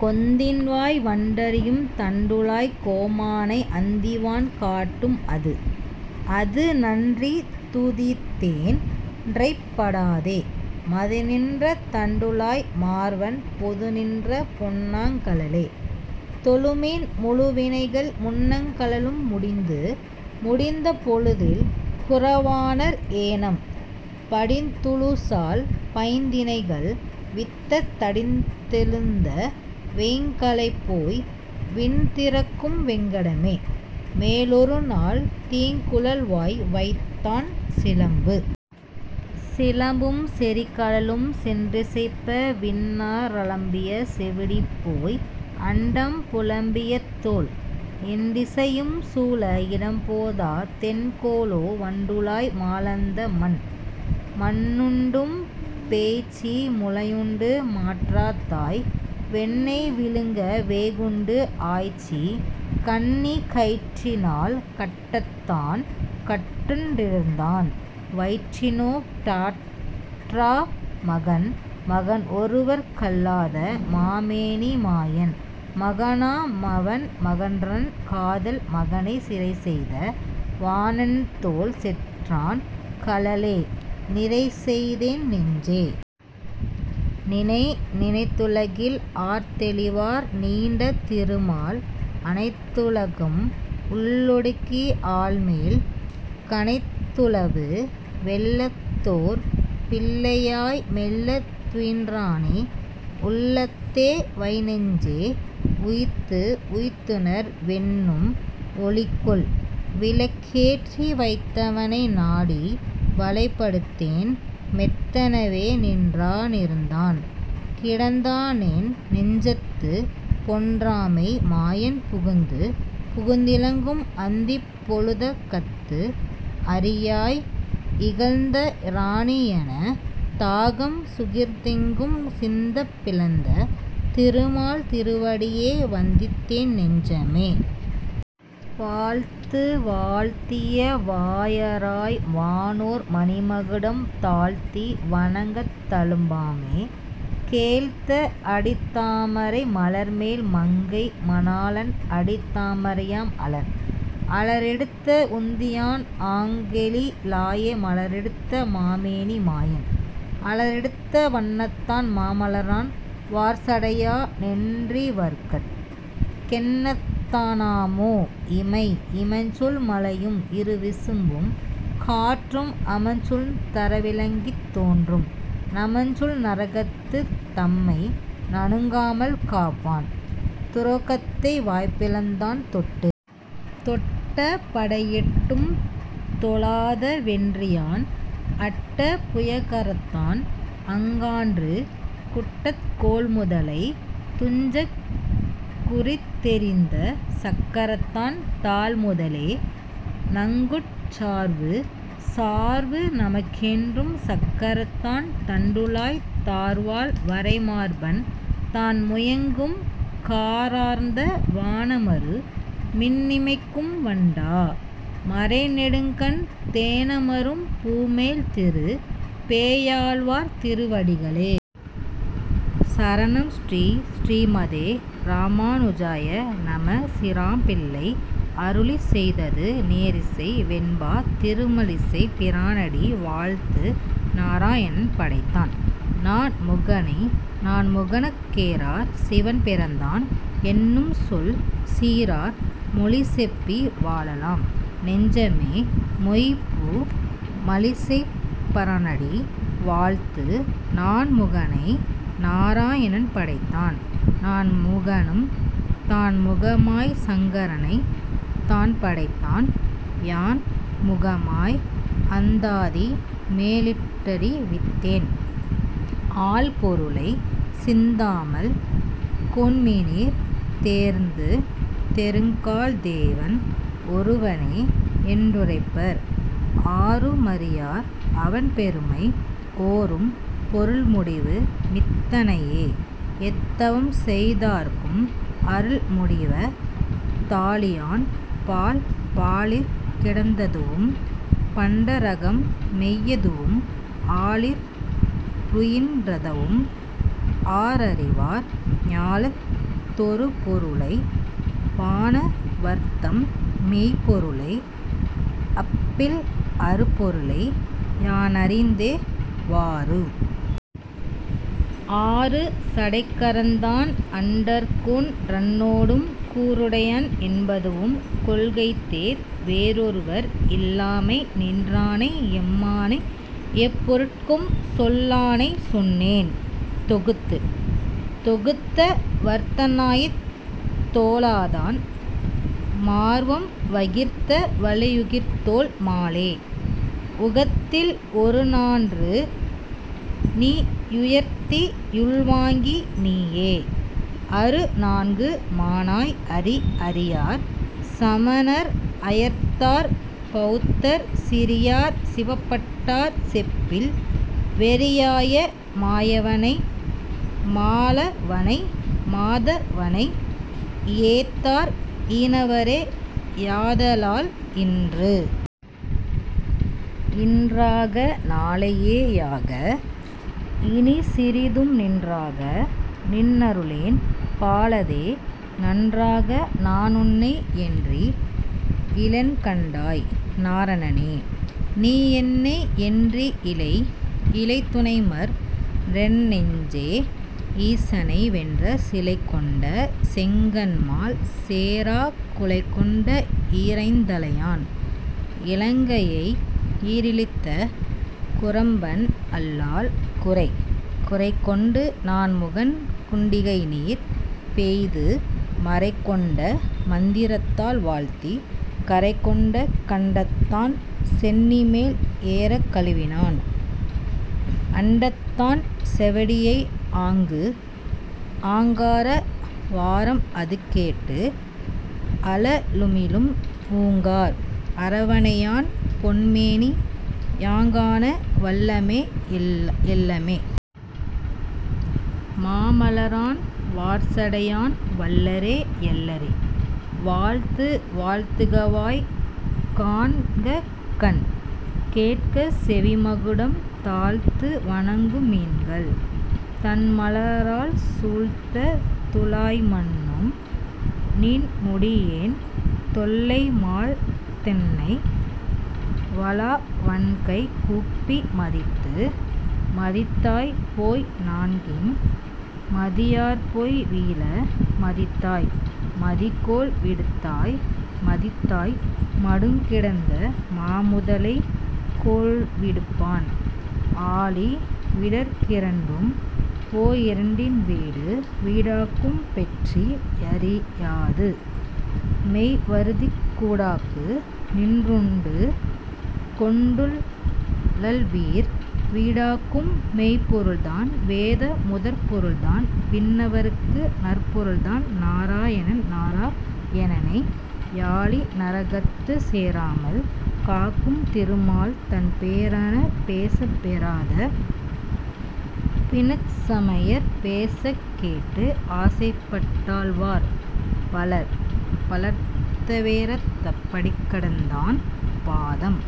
கொந்தின்வாய் வண்டறையும் தண்டுழாய்க் கோமானை, அந்திவான் காட்டும் அது. அதுநன் றிதுதீதென் றையப் படாதே, மதுநின்ற தண்டுழாய் மார்வன், பொதுநின்ற பொன்னங் கழலே தொழுமின், முழுவினைகள் முன்னங் கழலும் முடிந்து. முடிந்த பொழுதில் குறவாணர், ஏனம் படிந்துழுசால் பைந்தினைகள் வித்த, தடிந்தெழுந்த வேய்ங்கழைபோய் விண்திறக்கும் வேங்கடமே, மேலொருநாள் தீங்குழல்வாய் வைத்தான் சிலம்பு. சிலம்பும் செறிகழலும் சென்றிசைப்ப, விண்ணா றலம்பிய சேவடிபோய், அண்டம் புலம்பியதோள் எண்டிசையும் சூழ இடம்போதா தென்கொலோ, வண்டுழாய் மாலளந்த மண்? மண்ணுண்டும் பேய்ச்சி முலையுண்டு மாற்றாதாய், வெண்ணெய் விழுங்க வெகுண்டு, ஆய்ச்சி கண்ணிக் கயிற்றினால் கட்டத்தான் கட்டுண் டிருந்தான், வயிற்றினோ டாற்றா மகன். மகனொருவர்க் கல்லாத மாமேனி மாயன், மகனா மவன்மகன்றன் காதல் மகனை சிறைசெய்த வாணன்தோள் செற்றான் கழலே நிறைசெய்தென் நெஞ்சே. நினை. நினைத்துலகில் ஆர்தெளிவார் நீண்ட திருமால், அனைத்துலகும் உள்ளொடுக்கி ஆல்மேல், கனைத்துலவு வெள்ளத்தோர் பிள்ளையாய் மெள்ளத் துயின்றானை, உள்ளத்தே வைநெஞ்சே. உய்த்து. உய்த்துணர் வென்னும் ஒளிகொள் விளக்கேற்றி, வைத்தவனை நாடி வலைப்படுத்தேன், மெத்தெனவே நின்றா னிருந்தான் கிடந்தானென் னெஞ்சத்து, பொன்றாமை மாயன் புகுந்து. புகுந்திலங்கும் அந்திப் பொழுதகத்து, அரியாய் இகழ்ந்த இரணியன தாகம், சுகிர்ந்தெங்கும் சிந்தப் பிளந்த திருமால் திருவடியே வந்தித்தென் னெஞ்சமே. வாழ்த்து. வாழ்த்திய வாயராய் வானோர் மணிமகுடம் தாழ்த்தி வணங்கத் தழும்பாமே, கேழ்த்த அடித்தா மரைமலர்மேல் மங்கை மணாளன், அடித்தா மரையாம் அலர். அலரெடுத்த வுந்தியான் ஆங்கெழி லாய, மலரெடுத்த மாமேனி மாயன், அலரெடுத்த வண்ணத்தான் மாமலரான் வார்சடையா னென்றிவர்கட் கெண்ணத்தா னாமோ இமை? இமஞ்சூழ் மலையும் இருவிசும்பும் காற்றும், அமஞ்சூழ்ந் தறவிளங்கித் தோன்றும், நமஞ்சூழ் நரகத்து தம்மை நணுகாமல் காப்பான், துரகத்தை வாய்பிளந்தான் தொட்டு. தொட்ட படையெட்டும் தோலாத வென்றியான், அட்ட புயகரத்தான் அஞ்ஞான்று, குட்டத்துக் கோள்முதலை துஞ்சக் குறித்தெறிந்த சக்கரத்தான் தாள் முதலே நங்கட்குச் சார்வு. சார்வு நமக்கென்றும் சக்கரத்தான், தண்டுழாய்த் தார்வாழ் வரைமார்பன் தான்முயங்கும், காரார்ந்த வானமரு மின்னிமைக்கும் வண்டா மரைநெடுங்கண், தேனமரும் பூமேல் திரு. பேயாழ்வார் திருவடிகளே சரணம் ஸ்ரீ: ஸ்ரீமதே ராமானுஜாய நம: சீராமப்பிள்ளை அருளிச்செய்தது நேரிசை வெண்பா திருமழிசைப்பிரானடி வாழ்த்து நாரா யணன்படைத்தான் நான்முகனை, நான்முகனுக் கேரார் சிவன்பிறந்தான் என்னும்சொல் சீரார் மொழிசெப்பி வாழலாம் நெஞ்சமே, மொய்பூ மழிசைப் பரனடியே வாழ்த்து நான்முகனை நாரா யணன்படைத்தான், நான்முகனும் தான்முகமாய்ச் சங்கரனைத் தான்படைத்தான், யான் முகமாய் அந்தாதி மேலிட் டறிவித்தேன் ஆழ்பொருளை, சிந்தாமல் கொண்மினீர் தேர்ந்து தேருங்கால் தேவன் ஒருவனே, என்றுரைப்பர் ஆருமறியார் அவன்பெருமை, ஓரும் பொருள்முடிவு மித்தனையே எத்தவம்செய் தார்க்கும் அருள்முடிவ தாழியான் பால் பாலிற் கிடந்ததுவும் பண்டரகம் மேயதுவும், ஆலிற் றுயின்றதுவும் ஆரறிவார், ஞாலத் தொருபொருளை வானவர்தம் மெய்ப்பொருளை, அப்பில் அருபொருளை யானறிந்த வாறு? ஆறு சடைக்கரந்தான் அண்டர்கோன் றன்னோடும், கூறுடையன் என்பதுவும் கொள்கைத்தே, வேறொருவர் இல்லாமை நின்றானை எம்மானை, எப்பொருட்கும் சொல்லானைச் சொன்னேன் தொகுத்து தொகுத்த வரத்தனாய்த் தோலாதான் மார்வம், வகிர்த்த வளையுகிர்த்தோள் மாலே, உகத்தில் ஒருநான்று நீயுயர்த்தி யுள்வாங்கி நீயே, அருநான்கு மானாய் அறி அறியார் சமணர் அயர்த்தார் பவுத்தர், சிறியார் சிவப்பட்டார் செப்பில், வெறியாய மாயவனை மாலவனை மாதவனை ஏத்தார் ஈனவரே யாதலால் இன்று. இன்றாக நாளையே யாக, இனிச்சிறிதும் நின்றாக நின்னருளென் பாலதே, நன்றாக நானுன்னை யன்றி யிலேன்கண்டாய், நாரணனே நீயென்னை யன்றி யிலை இலைதுணைமற் றென்னெஞ்சே ஈசனை வென்ற சிலைகொண்ட செங்கண்மால் சேரா குலைகொண்ட ஈரைந் தலையான் இலங்கையை யீடழித்த கூரம்பன் அல்லால் குறை குறைகொண்டு நான்முகன் குண்டிகைநீர் பெய்து மறைகொண்ட மந்திரத்தால் வாழ்த்தி, கறைகொண்ட கண்டத்தான் சென்னிமேல் ஏறக் கழுவினான் அண்டத்தான் சேவடியை ஆங்கு ஆங்கார வாரம் அதுகேட்டு, அழலுமிழும் பூங்கார் அரவணையான் பொன்மேனி, யாங்காண வல்லமே யல்லமே? மாமலரான் வார்சடையான் வல்லரே யல்லரே? வாழ்த்து வாழ்த்துகவாய் காண்ககண் கேட்க செவிமகுடம் தாழ்த்து வணங்குமின்கள் தண்மலரால், சூழ்த்த துழாய்மன்னும் நீண்முடியென் தொல்லைமால் த்ன்னை வழாவண்கை கூப்பி மதித்து மதித்தாய்போய் நான்கின் மதியார்போய் வீழ மதித்தாய் மதிகோள் விடுத்தாய், மதித்தாய் மடுகிடந்த மாமுதலை கோள்விடுப்பான், ஆழி விடற்கிரண்டும் போயிரண்டின் வீடு வீடாக்கும் பெற்றி யறியாது மெய்வருத்திக் கூடாக்கு நின்றூண்டு கொண்டுழல்வீர், வீடாக்கும் மெய்ப்பொருள்தான் வேத முதற்ப்பொருள்தான், விண்ணவர்க்கு நற்பொருள்தான் நாரா யணன் நாரா யணனென்னை யாளி, நரகத்துச் சேராமல் காக்கும் திருமால்தன், பேரான பேசப் பெறாத பிணச்சமயர் பேசக்கேட்டு ஆசைப்பட் டாழ்வார் பலர் பலர்த்தேவ ரேத்தப் படிகடந்தான் பாதம்।